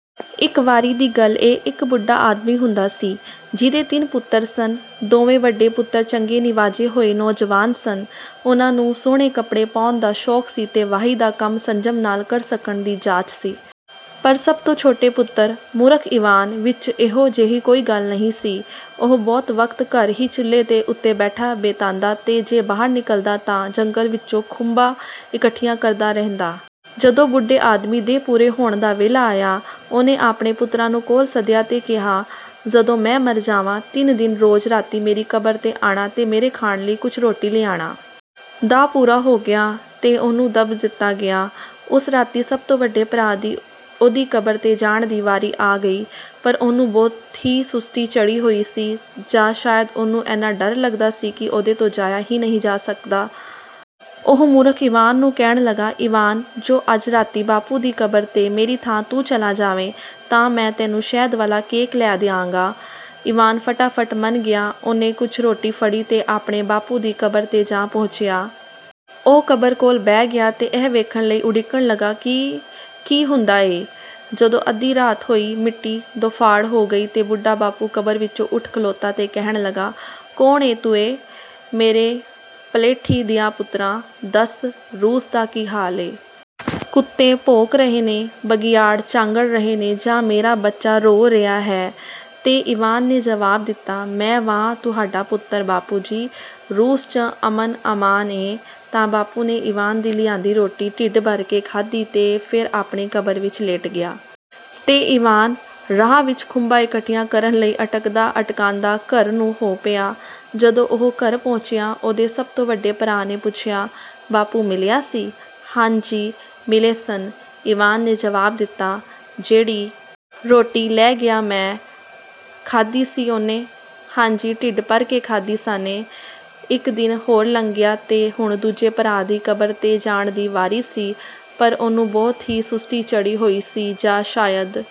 ਇੱਕ ਵਾਰੀ ਦੀ ਗੱਲ ਏ, ਇੱਕ ਬੁੱਢਾ ਆਦਮੀ ਹੁੰਦਾ ਸੀ, ਜਿਹਦੇ ਤਿੰਨ ਪੁੱਤਰ ਸਨ। ਦੋਵੇਂ ਵੱਡੇ ਪੁੱਤਰ ਚੰਗੇ-ਨਿਵਾਜੇ ਹੋਏ ਨੌਜਵਾਨ ਸਨ। ਉਹਨਾਂ ਨੂੰ ਸੁਹਣੇ ਕੱਪੜੇ ਪਾਉਣ ਦਾ ਸ਼ੌਕ ਸੀ ਤੇ ਵਾਹੀ ਦਾ ਕੰਮ ਸੰਜਮ ਨਾਲ ਕਰ ਸਕਣ ਦੀ ਜਾਚ ਸੀ। ਪਰ ਸਭ ਤੋਂ ਛੋਟੇ ਪੁੱਤਰ, ਮੂਰਖ ਈਵਾਨ, ਵਿੱਚ ਇਹੋ ਜਿਹੀ ਕੋਈ ਗੱਲ ਨਹੀਂ ਸੀ। ਉਹ ਬਹੁਤ ਵਕਤ ਘਰ ਹੀ ਚੁੱਲ੍ਹੇ ਦੇ ਉੱਤੇ ਬੈਠ ਬਿਤਾਂਦਾ ਤੇ ਜੇ ਬਾਹਰ ਨਿਕਲਦਾ ਤਾਂ ਜੰਗਲ ਵਿੱਚੋਂ ਖੁੰਬਾਂ ਇਕੱਠੀਆਂ ਕਰਦਾ ਰਹਿੰਦਾ। ਜਦੋਂ ਬੁੱਢੇ ਆਦਮੀ ਦੇ ਪੂਰੇ ਹੋਣ ਦਾ ਵੇਲਾ ਆਇਆ, ਉਹਨੇ ਆਪਣੇ ਪੁੱਤਰਾਂ ਨੂੰ ਕੋਲ ਸੱਦਿਆ ਤੇ ਕਿਹਾ, "ਜਦੋਂ ਮੈਂ ਮਰ ਜਾਵਾਂ, ਤਿੰਨ ਦਿਨ ਰੋਜ਼ ਰਾਤੀਂ ਮੇਰੀ ਕਬਰ 'ਤੇ ਆਣਾ ਤੇ ਮੇਰੇ ਖਾਣ ਲਈ ਕੁਝ ਰੋਟੀ ਲਿਆਣਾ।" ਢਾ ਪੂਰਾ ਹੋ ਗਿਆ ਤੇ ਉਹਨੂੰ ਦੱਬ ਦਿੱਤਾ ਗਿਆ। ਉਸ ਰਾਤੀਂ ਸਭ ਤੋਂ ਵੱਡੇ ਭਰਾ ਦੀ ਉਹਦੀ ਕਬਰ 'ਤੇ ਜਾਣ ਦੀ ਵਾਰੀ ਆ ਗਈ। ਪਰ ਉਹਨੂੰ ਬਹੁਤ ਹੀ ਸੁਸਤੀ ਚੜ੍ਹੀ ਹੋਈ ਸੀ, ਜਾਂ ਸ਼ਾਇਦ ਉਹਨੂੰ ਐਨਾ ਡਰ ਲੱਗਦਾ ਸੀ ਕਿ ਉਹਦੇ ਤੋਂ ਜਾਇਆ ਹੀ ਨਹੀਂ ਸੀ ਜਾ ਸਕਦਾ। ਉਹ ਮੂਰਖ ਈਵਾਨ ਨੂੰ ਕਹਿਣ ਲੱਗਾ, "ਈਵਾਨ, ਜੋ ਅੱਜ ਰਾਤੀਂ ਬਾਪੂ ਦੀ ਕਬਰ 'ਤੇ ਮੇਰੀ ਥਾਂ ਤੂੰ ਚਲਾ ਜਾਵੇਂ, ਤਾਂ ਮੈਂ ਤੈਨੂੰ ਸ਼ਹਿਦ ਵਾਲਾ ਕੇਕ ਲੈ ਦਿਆਂਗਾ।" ਈਵਾਨ ਫਟਾਫਟ ਮੰਨ ਗਿਆ। ਉਹਨੇ ਕੁਝ ਰੋਟੀ ਫੜੀ ਤੇ ਆਪਣੇ ਬਾਪੂ ਦੀ ਕਬਰ 'ਤੇ ਜਾ ਪਹੁੰਚਿਆ। ਉਹ ਕਬਰ ਕੋਲ ਬਹਿ ਗਿਆ ਤੇ ਇਹ ਵੇਖਣ ਲਈ ਉਡੀਕਣ ਲੱਗਾ ਕਿ ਕੀ ਹੁੰਦਾ ਏ? ਜਦੋਂ ਅੱਧੀ ਰਾਤ ਹੋਈ, ਮਿੱਟੀ ਦੋਫਾੜ ਹੋ ਗਈ ਤੇ ਬੁੱਢਾ ਬਾਪੂ ਕਬਰ ਵਿੱਚੋਂ ਉੱਠ ਖਲੋਤਾ ਤੇ ਕਹਿਣ ਲੱਗਾ, "ਕੌਣ ਏਂ ਤੂੰ ਏਂ, ਮੇਰੇ ਪਲੇਠੀ ਦਿਆ ਪੁੱਤਰਾ, ਦੱਸ, ਰੂਸ ਦਾ ਕੀ ਹਾਲ ਏ? ਕੁੱਤੇ ਭੌਂਕ ਰਹੇ ਨੇ, ਬਘਿਆੜ ਚਾਂਗਰ ਰਹੇ ਨੇ ਜਾਂ ਮੇਰਾ ਬੱਚਾ ਰੋ ਰਿਹਾ ਹੈ?" ਤੇ ਈਵਾਨ ਨੇ ਜਵਾਬ ਦਿੱਤਾ, "ਮੈਂ ਵਾਂ, ਤੁਹਾਡਾ ਪੁੱਤਰ, ਬਾਪੂ ਜੀ। ਰੂਸ 'ਚ ਅਮਨ-ਅਮਾਨ ਏ।" ਤਾਂ ਬਾਪੂ ਨੇ ਈਵਾਨ ਦੀ ਲਿਆਂਦੀ ਰੋਟੀ ਢਿੱਡ ਭਰ ਕੇ ਖਾਧੀ ਤੇ ਫੇਰ ਆਪਣੀ ਕਬਰ ਵਿੱਚ ਲੇਟ ਗਿਆ। ਤੇ ਈਵਾਨ, ਰਾਹ ਵਿੱਚ ਖੁੰਬਾਂ ਇਕੱਠੀਆਂ ਕਰਨ ਲਈ ਅਟਕਦਾ-ਅਟਕਾਂਦਾ, ਘਰ ਨੂੰ ਹੋ ਪਿਆ। ਜਦੋਂ ਉਹ ਘਰ ਪਹੁੰਚਿਆ, ਉਹਦੇ ਸਭ ਤੋਂ ਵੱਡੇ ਭਰਾ ਨੇ ਪੁੱਛਿਆ, "ਬਾਪੂ ਮਿਲਿਆ ਸੀ?" "ਹਾਂ ਜੀ, ਮਿਲੇ ਸਨ," ਈਵਾਨ ਨੇ ਜਵਾਬ ਦਿੱਤਾ।""ਜਿਹੜੀ ਰੋਟੀ ਲੈ ਗਿਆ ਸੈਂ, ਖਾਧੀ ਸੀ ਉਹਨੇ?" "ਹਾਂ ਜੀ ਢਿੱਡ ਭਰ ਕੇ ਖਾਧੀ ਸਾਨੇਂ।" ਇੱਕ ਦਿਨ ਹੋਰ ਲੰਘ ਗਿਆ, ਤੇ ਹੁਣ ਦੂਜੇ ਭਰਾ ਦੀ ਕਬਰ 'ਤੇ ਜਾਣ ਦੀ ਵਾਰੀ ਸੀ। ਪਰ ਉਹਨੂੰ ਬਹੁਤ ਹੀ ਸੁਸਤੀ ਚੜ੍ਹੀ ਹੋਈ ਸੀ, ਜਾਂ ਸ਼ਾਇਦ…